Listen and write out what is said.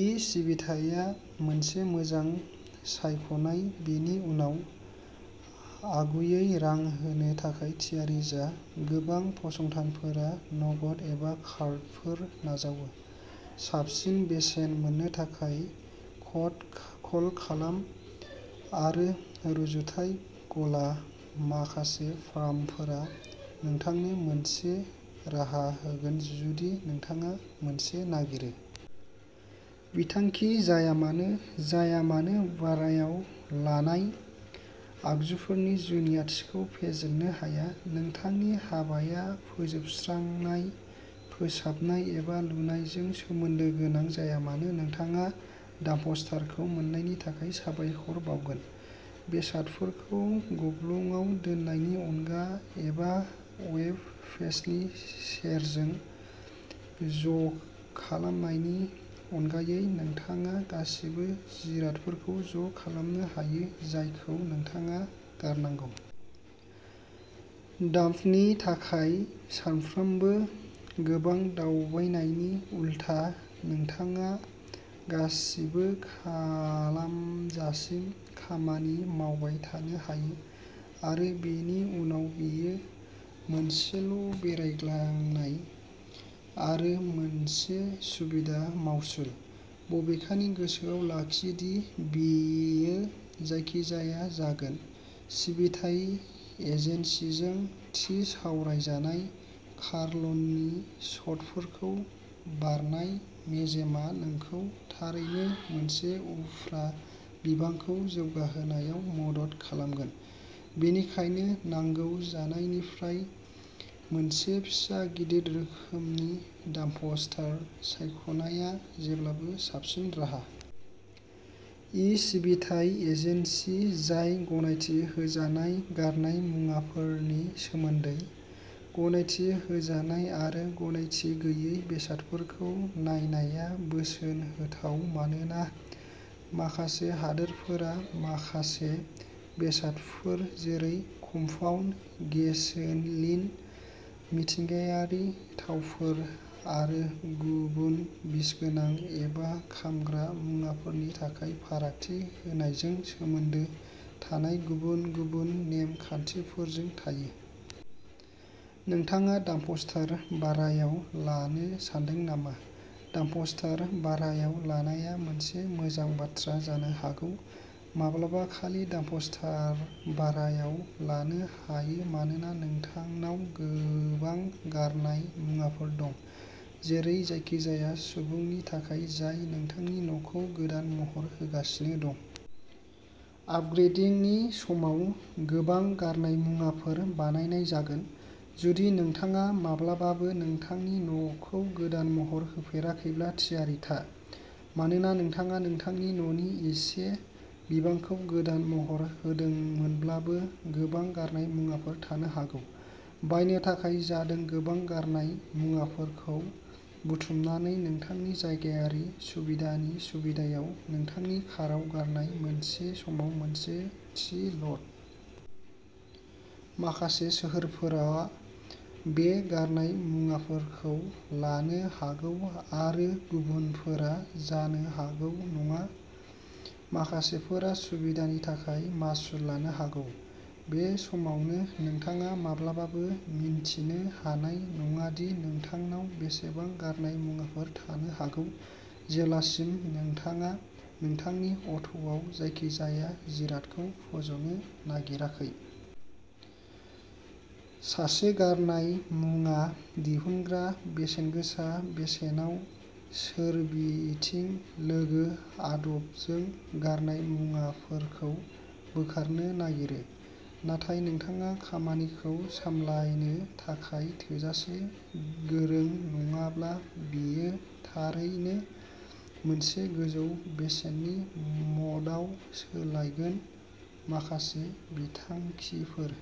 E सिबिथाया मोनसे मोजां सायख'नाय बेनि उनाव, आगुयै रां होनो थाखाय थियारि जा। गोबां फसंथानफोरा नगद एबा कार्डफोर नाजावो। साबसिन बेसेन मोननो थाखाय, कट कल खालाम आरो रुजुथाय गला। माखासे फार्मफोरा नोंथांनो मोनसे राहा होगोन जुदि नोंथाङा मोनसे नागिरो। बिथांखि जायामानो जाया मानो, भारायाव लानाय आगजुफोरनि जुनियाथिखौ फेजेननो हाया। नोंथांनि हाबाया फोजोबस्रांनाय, फोसाबनाय एबा लुनायजों सोमोन्दो गोनां जाया मानो, नोंथाङा डाम्पस्टारखौ मोन्नायनि थाखाय साबायखर बावगोन। बेसादफोरखौ गब्लंआव दोननायनि अनगा एबा वेब पेजनि सेरजों ज'खालामनायनि अनगायै नोंथाङा गासिबो जिरादफोरखौ ज' खालामनो हायो जायखौ नोंथाङा गारनांगौ। डाम्पनि थाखाय सानफ्रोमबो गोबां दावबायनायनि उलथा, नोंथाङा गासिबो खालामजासिम खामानि मावबाय थानो हायो आरो बेनि उनाव बेयो मोनसेल'बेरायग्लांनाय आरो मोनसे सुबिदा मासुल। बबेखानि गोसोआव लाखि दि बेयो जायखिजाया जागोन। सिबिथाय एजेन्सिजों थि सावरायजानाय कार लननि सर्तफोरखौ बारनाय मेजेमआ नोंखौ थारैनो मोनसे उफ्रा बिबांखौ जौगाहोनायाव मदद खालामगोन, बेनिखायनो नांगौ जानायनिफ्राय मोनसे फिसा गिदिर रोखोमनि डाम्पस्टार सायख'नाया जेब्लाबो साबसिन राहा। इ सिबिथाइ एजेन्सि जाय गनायथि होजानाय गारनाय मुवाफोरनि सोमोन्दै। गनायथि होजानाय आरो गनायथि गैयै बेसादफोरखौ नायनाया बोसोन होथाव मानोना माखासे हादोरफोरा माखासे बेसादफोर जेरै कम्पाउन्ड, गेसोलिन, मिथिंगायारि थावफोर आरो गुबुन बिसगोनां एबा खामग्रा मुवाफोरनि थाखाय फारागथि होनायजों सोमोन्दो थानाय गुबुन-गुबुन नेम-खान्थिफोरजों थाङो। नोंथाङा डाम्पस्टार भारायाव लानो सान्दों नामा? डाम्पस्टार भारायाव लानाया मोनसे मोजां बाथ्रा जानो हागौ। माब्लाबा खालि डाम्पस्टार भारायाव लानो हायो मानोना नोंथांनाव गोबां गारनाय मुवाफोर दं। जेरै जायखिजाया सुबुंनि थाखाय जाय नोंथांनि न'खौ गोदान महर होगासिनो दं। आपग्रेदिंनि समाव। गोबां गारनाय मुवाफोर बानायनाय जागोन। जुदि नोंथाङा माब्लाबाबो नोंथांनि न'खौ गोदान महर होफेराखैब्ला थियारि था, मानोना नोंथाङा नोंथांनि न'नि एसे बिबांखौ गोदान महर होदोंमोनब्लाबो गोबां गारनाय मुवाफोर थानो हागौ। बायनो थाखाय जादों गोबां गारनाय मुवाफोरखौ बुथुमनानै नोंथांनि जायगायारि सुबिदानि सुबिदायाव नोंथांनि काराव गारनाय, मोनसे समाव मोनसे थि ल'ड। माखासे सोहोरफोरा बे गारनाय मुवाफोरखौ लानो हागौ आरो गुबुनफोरा जानो हागौ नङा। माखासेफोरा सुबिदानि थाखाय मासुल लानो हागौ। बे समावनो, नोंथाङा माब्लाबाबो मिन्थिनो हानाय नङा दि नोंथांनाव बेसेबां गारनाय मुवाफोर थानो हागौ, जेब्लासिम नोंथाङा नोंथांनि अट'आव जायखिजाया जिरादखौ फज'नो नागिराखै। सासे गारनाय मुवा दिहुनग्राया बेसेनगोसा बेसेनाव सोरबिथिं लोगो आदबजों गारनाय मुवाफोरखौ बोखारनो नागिरो, नाथाय नोंथाङा खामानिखौ सामलायनो थाखाय थोजासे गोरों नङाब्ला बेयो थारैनो मोनसे गोजौ बेसेननि मदआव सोलायगोन माखासे बिथांखिफोर।